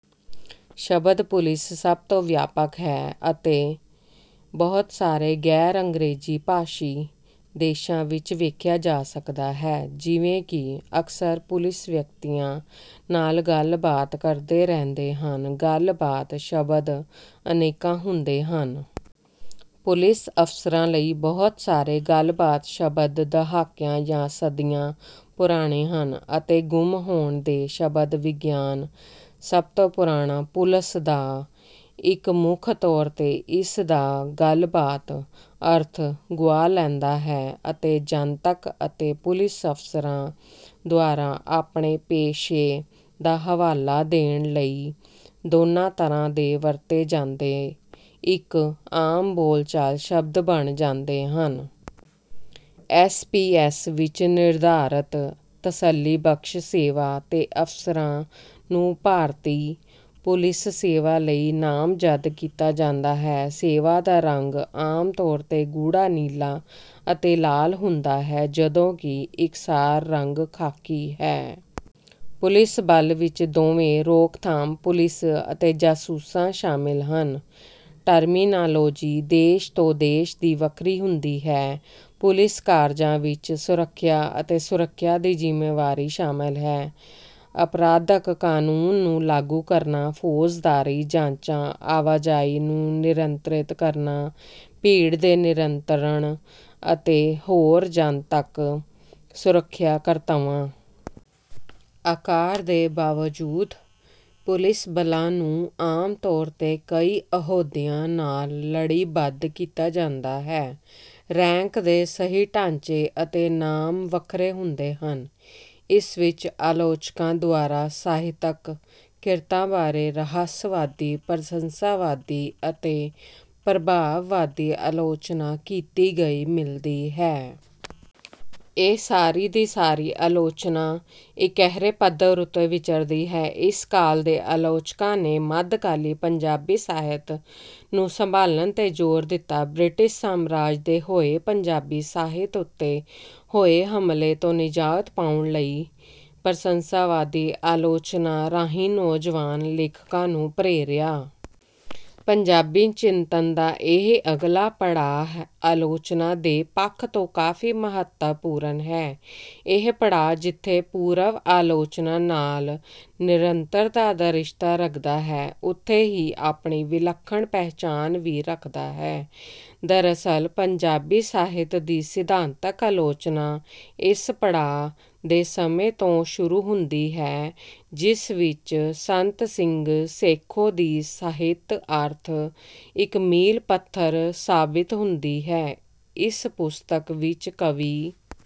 ਸ਼ਬਦ ਪੁਲਿਸ ਸਭ ਤੋਂ ਵਿਆਪਕ ਹੈ ਅਤੇ ਬਹੁਤ ਸਾਰੇ ਗੈਰ ਅੰਗਰੇਜ਼ੀ ਭਾਸ਼ੀ ਦੇਸ਼ਾਂ ਵਿੱਚ ਵੇਖਿਆ ਜਾ ਸਕਦਾ ਹੈ। ਜਿਵੇਂ ਕਿ ਅਕਸਰ ਪੁਲਿਸ ਵਿਅਕਤੀਆਂ ਨਾਲ ਗੱਲਬਾਤ ਕਰਦੇ ਰਹਿੰਦੇ ਹਨ ਗੱਲਬਾਤ ਸ਼ਬਦ ਅਨੇਕਾਂ ਹੁੰਦੇ ਹਨ। ਪੁਲਿਸ ਅਫਸਰਾਂ ਲਈ ਬਹੁਤ ਸਾਰੇ ਗੱਲਬਾਤ ਸ਼ਬਦ ਦਹਾਕਿਆਂ ਜਾਂ ਸਦੀਆਂ ਪੁਰਾਣੇ ਹਨ ਅਤੇ ਗੁੰਮ ਹੋਣ ਦੇ ਸ਼ਬਦ ਵਿਗਿਆਨ। ਸਭ ਤੋਂ ਪੁਰਾਣਾ ਪੁਲਸ ਦਾ ਇੱਕ ਮੁੱਖ ਤੌਰ ਤੇ ਇਸਦਾ ਗੱਲਬਾਤ ਅਰਥ ਗੁਆ ਲੈਂਦਾ ਹੈ ਅਤੇ ਜਨਤਕ ਅਤੇ ਪੁਲਿਸ ਅਫਸਰਾਂ ਦੁਆਰਾ ਆਪਣੇ ਪੇਸ਼ੇ ਦਾ ਹਵਾਲਾ ਦੇਣ ਲਈ ਦੋਨਾਂ ਤਰ੍ਹਾਂ ਵਰਤੇ ਜਾਂਦੇ ਇੱਕ ਆਮ ਬੋਲਚਾਲ ਸ਼ਬਦ ਬਣ ਜਾਂਦੇ ਹਨ। ਐਸ ਪੀ ਐਸ ਵਿੱਚ ਨਿਰਧਾਰਤ ਤਸੱਲੀਬਖਸ਼ ਸੇਵਾ ਤੇ ਅਫਸਰਾਂ ਨੂੰ ਭਾਰਤੀ ਪੁਲਿਸ ਸੇਵਾ ਲਈ ਨਾਮਜ਼ਦ ਕੀਤਾ ਜਾਂਦਾ ਹੈ। ਸੇਵਾ ਦਾ ਰੰਗ ਆਮ ਤੌਰ ਤੇ ਗੂੜਾ ਨੀਲਾ ਅਤੇ ਲਾਲ ਹੁੰਦਾ ਹੈ ਜਦੋਂ ਕਿ ਇਕਸਾਰ ਰੰਗ ਖਾਕੀ ਹੈ। ਪੁਲਿਸ ਬਲ ਵਿੱਚ ਦੋਵੇਂ ਰੋਕਥਾਮ ਪੁਲਿਸ ਅਤੇ ਜਾਸੂਸਾਂ ਸ਼ਾਮਲ ਹਨ। ਟਰਮੀਨਾਲੋਜੀ ਦੇਸ਼ ਤੋਂ ਦੇਸ਼ ਦੀ ਵੱਖਰੀ ਹੁੰਦੀ ਹੈ। ਪੁਲਿਸ ਕਾਰਜਾਂ ਵਿੱਚ ਸੁਰੱਖਿਆ ਅਤੇ ਸੁਰੱਖਿਆ ਦੀ ਜ਼ਿੰਮੇਵਾਰੀ ਸ਼ਾਮਲ ਹੈ ਅਪਰਾਧਕ ਕਾਨੂੰਨ ਨੂੰ ਲਾਗੂ ਕਰਨਾ ਫੌਜਦਾਰੀ ਜਾਂਚਾਂ ਆਵਾਜਾਈ ਨੂੰ ਨਿਯੰਤ੍ਰਿਤ ਕਰਨਾ ਭੀੜ ਦੇ ਨਿਯੰਤਰਣ ਅਤੇ ਹੋਰ ਜਨਤਕ ਸੁਰੱਖਿਆ ਕਰਤੱਵਾਂ। ਆਕਾਰ ਦੇ ਬਾਵਜੂਦ ਪੁਲਿਸ ਬਲਾਂ ਨੂੰ ਆਮ ਤੌਰ ਤੇ ਕਈ ਅਹੁਦਿਆਂ ਨਾਲ ਲੜੀਬੱਧ ਕੀਤਾ ਜਾਂਦਾ ਹੈ। ਰੈਂਕ ਦੇ ਸਹੀ ਢਾਂਚੇ ਅਤੇ ਨਾਮ ਵੱਖਰੇ ਹੁੰਦੇ ਹਨ। ਇਸ ਵਿੱਚ ਆਲੋਚਕਾਂ ਦੁਆਰਾ ਸਾਹਿਤਕ ਕਿਰਤਾਂ ਬਾਰੇ ਰਹੱਸਵਾਦੀ ਪ੍ਰਸੰਸਾਵਾਦੀ ਅਤੇ ਪ੍ਰਭਾਵਵਾਦੀ ਆਲੋਚਨਾ ਕੀਤੀ ਗਈ ਮਿਲਦੀ ਹੈ। ਇਹ ਸਾਰੀ ਦੀ ਸਾਰੀ ਆਲੋਚਨਾ ਇੱਕਹਿਰੇ ਪੱਧਰ ਉੱਤੇ ਵਿਚਰਦੀ ਹੈ। ਇਸ ਕਾਲ ਦੇ ਆਲੋਚਕਾਂ ਨੇ ਮੱਧਕਾਲੀ ਪੰਜਾਬੀ ਸਾਹਿਤ ਨੂੰ ਸੰਭਾਲਨ ਤੇ ਜ਼ੋਰ ਦਿੱਤਾ। ਬ੍ਰਿਟਿਸ਼ ਸਾਮਰਾਜ ਦੇ ਹੋਏ ਪੰਜਾਬੀ ਸਾਹਿਤ ਉੱਤੇ ਹੋਏ ਹਮਲੇ ਤੋਂ ਨਿਜ਼ਾਤ ਪਾਉਣ ਲਈ ਪ੍ਰਸੰਸਾਵਾਦੀ ਆਲੋਚਨਾ ਰਾਹੀਂ ਨੌਜਵਾਨ ਲੇਖਕਾਂ ਨੂੰ ਪ੍ਰੇਰਿਆ। ਪੰਜਾਬੀ ਚਿੰਤਨ ਦਾ ਇਹ ਅਗਲਾ ਪੜਾਅ ਆਲੋਚਨਾ ਦੇ ਪੱਖ ਤੋਂ ਕਾਫੀ ਮਹੱਤਵਪੂਰਨ ਹੈ। ਇਹ ਪੜਾਅ ਜਿੱਥੇ ਪੂਰਵ ਆਲੋਚਨਾ ਨਾਲ ਨਿਰੰਤਰਤਾ ਦਾ ਰਿਸ਼ਤਾ ਰੱਖਦਾ ਹੈ ਉੱਥੇ ਹੀ ਆਪਣੀ ਵਿਲੱਖਣ ਪਹਿਚਾਣ ਵੀ ਰੱਖਦਾ ਹੈ। ਦਰਅਸਲ ਪੰਜਾਬੀ ਸਾਹਿਤ ਦੀ ਸਿਧਾਂਤਕ ਆਲੋਚਨਾ ਇਸ ਪੜਾਅ ਦੇ ਸਮੇਂ ਤੋਂ ਸ਼ੁਰੂ ਹੁੰਦੀ ਹੈ ਜਿਸ ਵਿੱਚ ਸੰਤ ਸਿੰਘ ਸੇਖੋਂ ਦੀ ਸਾਹਿਤਿਆਰਥ ਇੱਕ ਮੀਲ ਪੱਥਰ ਸਾਬਿਤ ਹੁੰਦੀ ਹੈ। ਇਸ ਪੁਸਤਕ ਵਿੱਚ ਕਾਵਿ।